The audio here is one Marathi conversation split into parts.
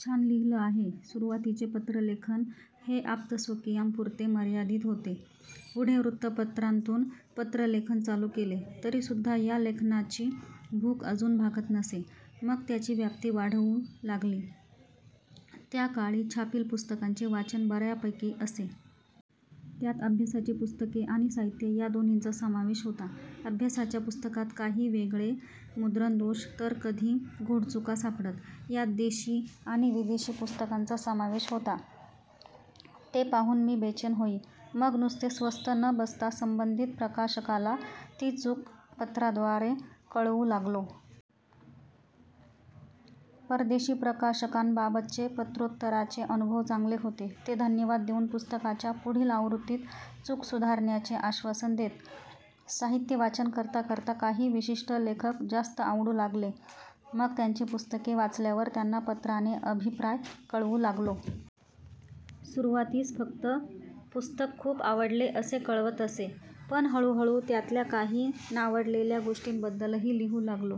छान लिहिलं आहे. सुरुवातीचे पत्रलेखन हे आप्तस्वकीयांपुरते मर्यादित होते. पुढे वृत्तपत्रांतून पत्रलेखन चालू केले. तरीसुद्धा या लेखनाची भूक अजून भागत नसे! मग त्याची व्याप्ती वाढवू लागलो. त्या काळी छापील पुस्तकांचे वाचन बऱ्यापैकी असे. त्यात अभ्यासाची पुस्तके आणि साहित्य या दोन्हींचा समावेश होता. अभ्यासाच्या पुस्तकांत काही वेळेस मुद्रणदोष तर कधी घोडचुका सापडत. यात देशी आणि विदेशी अशा पुस्तकांचा समावेश होता. ते पाहून मी बेचैन होई. मग नुसते स्वस्थ न बसता संबंधित प्रकाशकाला ती चूक पत्राद्वारे कळवू लागलो. परदेशी प्रकाशकांबाबतचे पत्रोत्तराचे अनुभव चांगले होते. ते धन्यवाद देऊन पुस्तकाच्या पुढील आवृत्तीत चूक सुधारण्याचे आश्वासन देत. साहित्यवाचन करता करता काही विशिष्ट लेखक जास्त आवडू लागले. मग त्यांची पुस्तके वाचल्यावर त्यांना पत्राने अभिप्राय कळवू लागलो. सुरुवातीस फक्त पुस्तक खूप आवडले असे कळवत असे. पण हळूहळू त्यातल्या काही नावडलेल्या गोष्टींबद्दलही लिहू लागलो.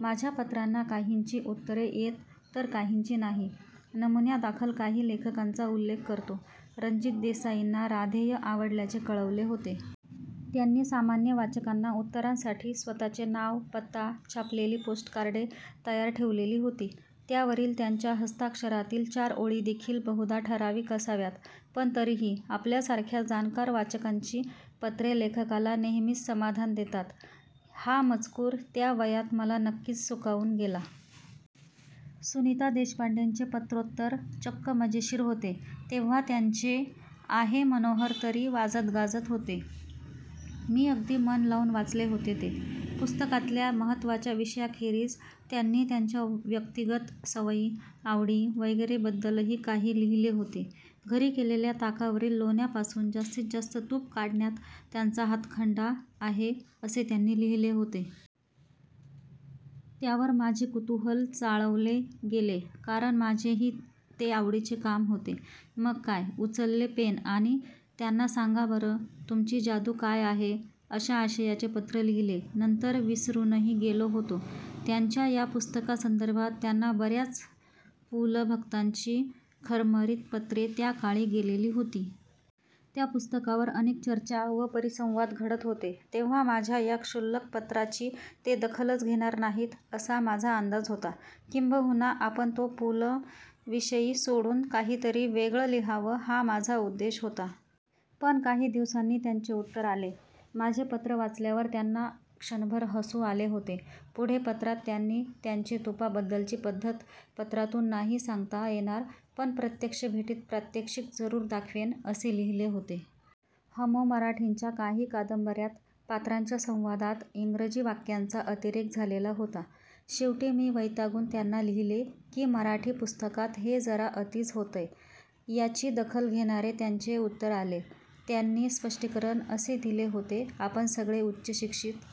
माझ्या पत्रांना काहींची उत्तरे येत तर काहींची नाही. नमुन्यादाखल काही लेखकांचा उल्लेख करतो. रणजित देसाईंना राधेय आवडल्याचे कळवले होते. त्यांनी सामान्य वाचकांना उत्तरांसाठी स्वतःचे नाव-पत्ता छापलेली पोस्टकार्डे तयार ठेवलेली होती. त्यावरील त्यांच्या हस्ताक्षरातील चार ओळीदेखील बहुधा ठराविक असाव्यात. पण तरीही, आपल्यासारख्या जाणकार वाचकांची पत्रे लेखकाला नेहमीच समाधान देतात, हा मजकूर त्या वयात मला नक्कीच सुखावून गेला. सुनीता देशपांडेंचे पत्रोत्तर चक्क मजेशीर होते. तेव्हा त्यांचे आहे मनोहर तरी वाजतगाजत होते. मी अगदी मन लावून वाचले होते ते. पुस्तकातल्या महत्त्वाच्या विषयाखेरीज त्यांनी त्यांच्या व्यक्तिगत सवयी, आवडी वगैरेबद्दलही काही लिहिले होते. घरी केलेल्या ताकावरील लोण्यापासून जास्तीत जास्त तूप काढण्यात त्यांचा हातखंडा आहे, असे त्यांनी लिहिले होते. त्यावर माझे कुतूहल चाळवले गेले कारण माझेही ते आवडीचे काम होते. मग काय, उचलले पेन आणि त्यांना सांगा बरं, तुमची जादू काय आहे, अशा आशयाचे पत्र लिहिले. नंतर विसरूनही गेलो होतो. त्यांच्या या पुस्तकासंदर्भात त्यांना बऱ्याच पुलं-भक्तांची खरमरीत पत्रे त्या काळी गेलेली होती. त्या पुस्तकावर अनेक चर्चा व परिसंवाद घडत होते. तेव्हा माझ्या या क्षुल्लक पत्राची ते दखलच घेणार नाहीत असा माझा अंदाज होता. किंबहुना आपण तो पुलं विषय सोडून काहीतरी वेगळे लिहावे हा माझा उद्देश होता. पण काही दिवसांनी त्यांचे उत्तर आले. माझे पत्र वाचल्यावर त्यांना क्षणभर हसू आले होते. पुढे पत्रात त्यांनी, त्यांची तुपाबद्दलची पद्धत पत्रातून नाही सांगता येणार पण प्रत्यक्ष भेटीत प्रात्यक्षिक जरूर दाखवेन, असे लिहिले होते. हमो मराठेंच्या काही कादंबऱ्यांत पात्रांच्या संवादांत इंग्रजी वाक्यांचा अतिरेक झालेला होता. शेवटी मी वैतागून त्यांना लिहिले की मराठी पुस्तकात हे जरा अतिच होतंय. याची दखल घेणारे त्यांचे उत्तर आले. त्यांनी स्पष्टीकरण असे दिले होते. आपण सगळे उच्चशिक्षित